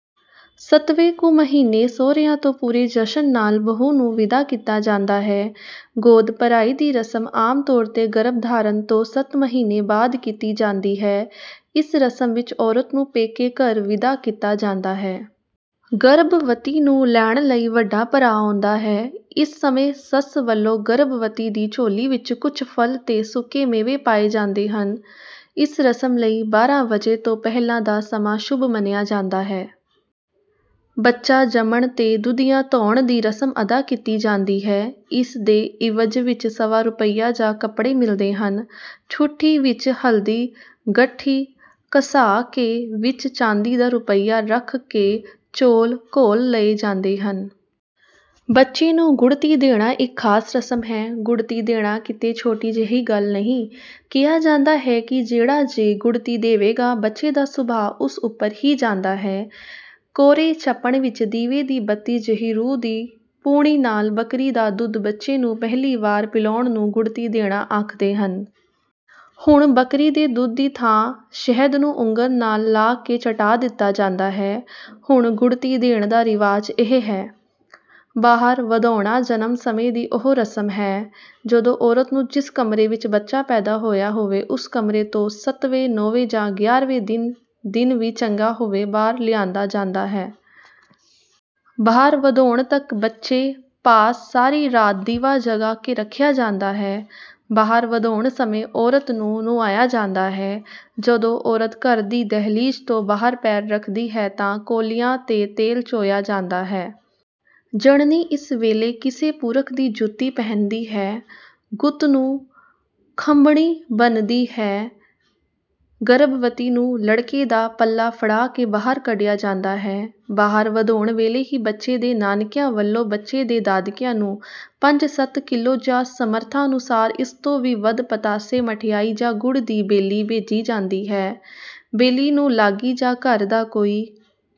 ਸੱਤਵੇਂ ਕੁ ਮਹੀਨੇ ਸਹੁਰਿਆਂ ਤੋਂ ਪੂਰੇ ਜਸ਼ਨ ਨਾਲ਼ ਬਹੂ ਨੂੰ ਵਿਦਾ ਕੀਤਾ ਜਾਂਦਾ ਹੈ। ਗੋਦ ਭਰਾਈ ਦੀ ਰਸਮ ਆਮ ਤੌਰ ਤੇ ਗਰਭਧਾਰਨ ਤੋਂ ਸੱਤ ਮਹੀਨੇ ਬਾਅਦ ਕੀਤੀ ਜਾਂਦੀ ਹੈ। ਇਸ ਰਸਮ ਵਿੱਚ ਔਰਤ ਨੂੰ ਪੇਕੇ ਘਰ ਵਿਦਾ ਕੀਤਾ ਜਾਂਦਾ ਹੈ। ਗਰਭਵਤੀ ਨੂੰ ਲੈਣ ਲਈ ਵੱਡਾ ਭਰਾ ਆਉਂਦਾ ਹੈ। ਇਸ ਸਮੇਂ ਸੱਸ ਵੱਲੋਂ ਗਰਭਵਤੀ ਦੀ ਝੋਲੀ ਵਿੱਚ ਕੁਝ ਫਲ ਤੇ ਸੁੱਕੇ ਮੇਵੇ ਪਾਏ ਜਾਂਦੇ ਹਨ। ਇਸ ਰਸਮ ਲਈ ਬਾਰਾਂ ਵਜੇ ਤੋਂ ਪਹਿਲਾਂ ਦਾ ਸਮਾਂ ਸ਼ੁਭ ਮੰਨਿਆ ਜਾਂਦਾ ਹੈ। ਬੱਚਾ ਜੰਮਣ ਤੇ ਦੁਧੀਆਂ ਧੋਣ ਦੀ ਰਸਮ ਅਦਾ ਕੀਤੀ ਜਾਂਦੀ ਹੈ। ਇਸ ਦੇ ਇਵਜ਼ ਵਿੱਚ ਸਵਾ ਰੁਪਈਆ ਜਾਂ ਕੱਪੜੇ ਮਿਲਦੇ ਹਨ। ਠੂਠੀ ਵਿੱਚ ਹਲਦੀ ਗੱਠੀ ਘਸਾ ਕੇ ਵਿੱਚ ਚਾਂਦੀ ਦਾ ਰੁਪਈਆ ਰੱਖ ਕੇ ਚੌਲ਼ ਘੋਲ਼ ਲਏ ਜਾਂਦੇ ਹਨ। ਬੱਚੇ ਨੂੰ ਗੁੜ੍ਹਤੀ ਦੇਣਾ ਇੱਕ ਖਾਸ ਰਸਮ ਹੈ। ਗੁੜ੍ਹਤੀ ਦੇਣਾ ਕਿਤੇ ਛੋਟੀ ਜਿਹੀ ਗੱਲ ਨਹੀਂ। ਕਿਹਾ ਜਾਂਦਾ ਹੈ ਕਿ ਜਿਹੜਾ ਜੀਅ ਗੁੜ੍ਹਤੀ ਦੇਵੇਗਾ ਬੱਚੇ ਦਾ ਸੁਭਾਅ ਉਸ ਉੱਪਰ ਹੀ ਜਾਂਦਾ ਹੈ। ਕੋਰੇ ਚੱਪਣ ਵਿੱਚ ਦੀਵੇ ਦੀ ਬੱਤੀ ਜਿਹੀ ਰੂੰ ਦੀ ਪੂਣੀ ਨਾਲ਼ ਬੱਕਰੀ ਦਾ ਦੁੱਧ ਬੱਚੇ ਨੂੰ ਪਹਿਲੀ ਵਾਰ ਪਿਲਾਉਣ ਨੂੰ ਗੁੜ੍ਹਤੀ ਦੇਣਾ ਆਖਦੇ ਹਨ। ਹੁਣ ਬੱਕਰੀ ਦੇ ਦੁੱਧ ਦੀ ਥਾਂ ਸ਼ਹਿਦ ਨੂੰ ਉਂਗਲ ਨਾਲ਼ ਲਾ ਕੇ ਚਟਾ ਦਿੱਤਾ ਜਾਂਦਾ ਹੈ। ਹੁਣ ਗੁੜ੍ਹਤੀ ਦੇਣ ਦਾ ਰਿਵਾਜ ਇਹ ਹੈ। ਬਾਹਰ ਵਧਾਉਣਾ ਜਨਮ ਸਮੇਂ ਦੀ ਉਹ ਰਸਮ ਹੈ ਜਦੋਂ ਔਰਤ ਨੂੰ ਜਿਸ ਕਮਰੇ ਵਿੱਚ ਬੱਚਾ ਪੈਦਾ ਹੋਇਆ ਹੋਵੇ ਉਸ ਕਮਰੇ ਤੋਂ ਸੱਤਵੇਂ ਨੌਵੇਂ ਜਾਂ ਗਿਆਰ੍ਹਵੇਂ ਦਿਨ ਦਿਨ ਵੀ ਚੰਗਾ ਹੋਵੇ ਬਾਹਰ ਲਿਆਂਦਾ ਜਾਂਦਾ ਹੈ। ਬਾਹਰ ਵਧਾਉਣ ਤੱਕ ਬੱਚੇ ਪਾਸ ਸਾਰੀ ਰਾਤ ਦੀਵਾ ਜਗਾ ਕੇ ਰੱਖਿਆ ਜਾਂਦਾ ਹੈ। ਬਾਹਰ ਵਧਾਉਣ ਸਮੇਂ ਔਰਤ ਨੂੰ ਨੁਹਾਇਆ ਜਾਂਦਾ ਹੈ। ਜਦੋਂ ਔਰਤ ਘਰ ਦੀ ਦਹਿਲੀਜ਼ ਤੋਂ ਬਾਹਰ ਪੈਰ ਰੱਖਦੀ ਹੈ ਤਾਂ ਕੌਲਿਆਂ ਤੇ ਤੇਲ ਚੋਇਆ ਜਾਂਦਾ ਹੈ। ਜਣਨੀ ਇਸ ਵੇਲੇ ਕਿਸੇ ਪੁਰਖ ਦੀ ਜੁੱਤੀ ਪਹਿਨਦੀ ਹੈ ਗੁੱਤ ਨੂੰ ਖੰਮ੍ਹਣੀ ਬੰਨ੍ਹਦੀ ਹੈ। ਗਰਭਵਤੀ ਨੂੰ ਲੜਕੇ ਦਾ ਪੱਲਾ ਫੜਾ ਕੇ ਬਾਹਰ ਕੱਢਿਆ ਜਾਂਦਾ ਹੈ। ਬਾਹਰ ਵਧਾਉਣ ਵੇਲੇ ਹੀ ਬੱਚੇ ਦੇ ਨਾਨਕਿਆਂ ਵੱਲੋਂ ਬੱਚੇ ਦੇ ਦਾਦਕਿਆਂ ਨੂੰ ਪੰਜ ਸੱਤ ਕਿੱਲੋ ਜਾਂ ਸਮਰੱਥਾ ਅਨੁਸਾਰ ਇਸ ਤੋਂ ਵੀ ਵੱਧ ਪਤਾਸੇ ਮਠਿਆਈ ਜਾਂ ਗੁੜ ਦੀ ਭੇਲੀ ਭੇਜੀ ਜਾਂਦੀ ਹੈ। ਭੇਲੀ ਨੂੰ ਲਾਗੀ ਜਾਂ ਘਰ ਦਾ ਕੋਈ